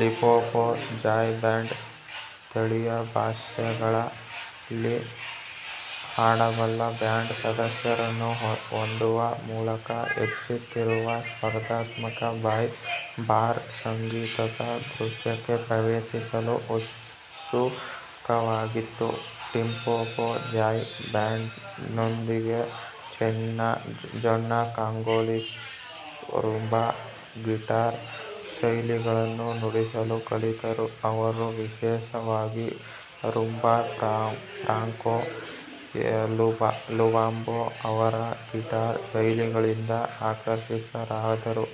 ಲಿಪೊಪೊ jazz band ಸ್ಥಳೀಯ ಭಾಷೆಗಳಲ್ಲಿ ಹಾಡಬಲ್ಲ band ಸದಸ್ಯರನ್ನು ಹೊಂದುವ ಮೂಲಕ ಹೆಚ್ಚುತ್ತಿರುವ ಸ್ಪರ್ಧಾತ್ಮಕ ಬಾರ್ ಸಂಗೀತದ ದೃಶ್ಯಕ್ಕೆ ಪ್ರವೇಶಿಸಲು ಉತ್ಸುಕವಾಗಿತ್ತು. ಲಿಂಪೋಪೋ ಜಾಝ್ ಬ್ಯಾಂಡ್ನೊಂದಿಗೆ, ಜೋನ್ನಾ ಕಾಂಗೋಲೀಸ್ ರುಂಬಾ ಗಿಟಾರ್ ಶೈಲಿಗಳನ್ನು ನುಡಿಸಲು ಕಲಿತರು. ಅವರು ವಿಶೇಷವಾಗಿ ರುಂಬಾ ಫ್ರಾಂಕೊ ಲುವಾಂಬೊ ಅವರ ಗಿಟಾರ್ ಶೈಲಿಗಳಿಂದ ಆಕರ್ಷಿತರಾದರು,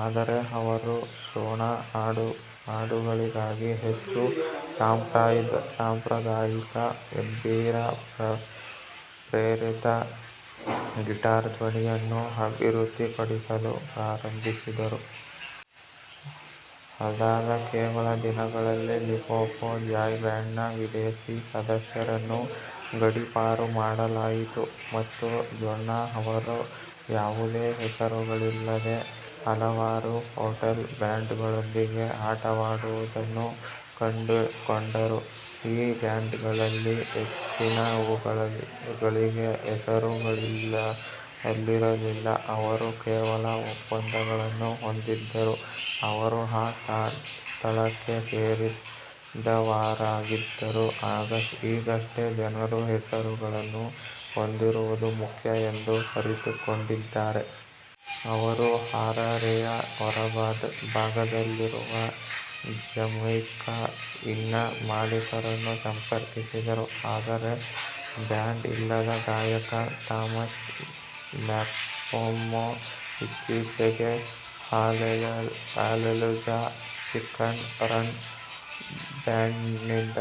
ಆದರೆ ಅವರು ಶೋನಾ ಹಾಡುಗಳಿಗಾಗಿ ಹೆಚ್ಚು ಸಾಂಪ್ರದಾಯಿಕ ಎಂಬಿರಾ ಪ್ರೇರಿತ ಗಿಟಾರ್ ಧ್ವನಿಯನ್ನು ಅಭಿವೃದ್ಧಿಪಡಿಸಲು ಪ್ರಾರಂಭಿಸಿದರು. ಅದಾದ ಕೆಲವೇ ದಿನಗಳಲ್ಲಿ, ಲಿಪೊಪೊ ಜಾಝ್ ಬ್ಯಾಂಡ್ನ ವಿದೇಶಿ ಸದಸ್ಯರನ್ನು ಗಡೀಪಾರು ಮಾಡಲಾಯಿತು, ಮತ್ತು ಜೋನ್ನಾ ಅವರು ಯಾವುದೇ ಹೆಸರುಗಳಿಲ್ಲದ ಹಲವಾರು ಹೋಟೆಲ್ ಬ್ಯಾಂಡ್ಗಳೊಂದಿಗೆ ಆಟವಾಡುವುದನ್ನು ಕಂಡುಕೊಂಡರುಃ "ಈ ಬ್ಯಾಂಡ್ಗಳಲ್ಲಿ ಹೆಚ್ಚಿನವುಗಳಿಗೆ ಹೆಸರುಗಳಿರಲಿಲ್ಲ. ಅವರು ಕೇವಲ ಒಪ್ಪಂದಗಳನ್ನು ಹೊಂದಿದ್ದರು. ಅವರು ಆ ಸ್ಥಳಕ್ಕೆ ಸೇರಿದವರಾಗಿದ್ದರು. ಈಗಷ್ಟೇ ಜನರು ಹೆಸರುಗಳನ್ನು ಹೊಂದಿರುವುದು ಮುಖ್ಯ ಎಂದು ಅರಿತುಕೊಂಡಿದ್ದಾರೆ. ಅವರು ಹರಾರೆಯ ಹೊರಭಾಗದಲ್ಲಿರುವ ಜಮೈಕಾ ಇನ್ನ ಮಾಲೀಕರನ್ನು ಸಂಪರ್ಕಿಸಿದರು, ಆದರೆ ಬ್ಯಾಂಡ್ ಇಲ್ಲದ ಗಾಯಕ ಥಾಮಸ್ ಮ್ಯಾಪ್ಫುಮೊ, ಇತ್ತೀಚೆಗೆ ಹಾಲೆಲುಜಾ ಚಿಕನ್ ರನ್ ಬ್ಯಾಂಡ್ನಿಂದ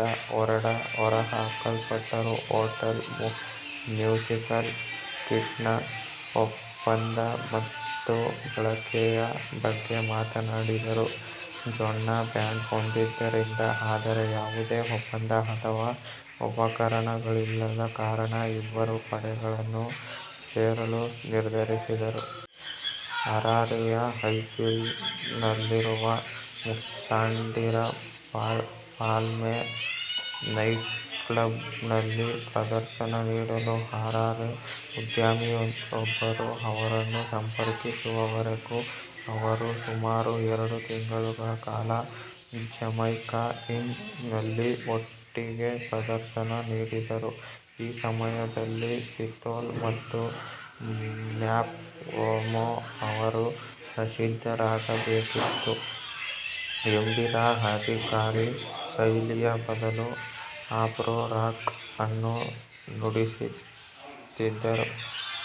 ಹೊರಹಾಕಲ್ಪಟ್ಟರು, ಹೋಟೆಲ್ ಮ್ಯೂಸಿಕಲ್ ಕಿಟ್ನ ಒಪ್ಪಂದ ಮತ್ತು ಬಳಕೆಯ ಬಗ್ಗೆ ಮಾತನಾಡಿದರು. ಜೋನ್ನಾ ಬ್ಯಾಂಡ್ ಹೊಂದಿದ್ದರಿಂದ ಆದರೆ ಯಾವುದೇ ಒಪ್ಪಂದ ಅಥವಾ ಉಪಕರಣಗಳಿಲ್ಲದ ಕಾರಣ, ಇಬ್ಬರೂ ಪಡೆಗಳನ್ನು ಸೇರಲು ನಿರ್ಧರಿಸಿದರು. ಹರಾರೆಯ ಹೈಫೀಲ್ಡ್ನಲ್ಲಿರುವ ಮುಷಂಡಿರಾ ಪಾಮ್ವೆ ನೈಟ್ಕ್ಲಬ್ನಲ್ಲಿ ಪ್ರದರ್ಶನ ನೀಡಲು ಹರಾರೆ ಉದ್ಯಮಿಯೊಬ್ಬರು ಅವರನ್ನು ಸಂಪರ್ಕಿಸುವವರೆಗೂ ಅವರು ಸುಮಾರು ಎರಡು ತಿಂಗಳುಗಳ ಕಾಲ ಜಮೈಕಾ ಇನ್ ನಲ್ಲಿ ಒಟ್ಟಿಗೆ ಪ್ರದರ್ಶನ ನೀಡಿದರು. ಈ ಸಮಯದಲ್ಲಿ, ಸಿಥೋಲ್ ಮತ್ತು ಮ್ಯಾಪ್ಫುಮೊ ಅವರು ಪ್ರಸಿದ್ಧರಾಗಬೇಕಿದ್ದ ಎಂಬಿರಾ-ಆಧಾರಿತ ಶೈಲಿಯ ಬದಲು "ಆಫ್ರೋ-ರಾಕ್" ಅನ್ನು ನುಡಿಸುತ್ತಿದ್ದರು.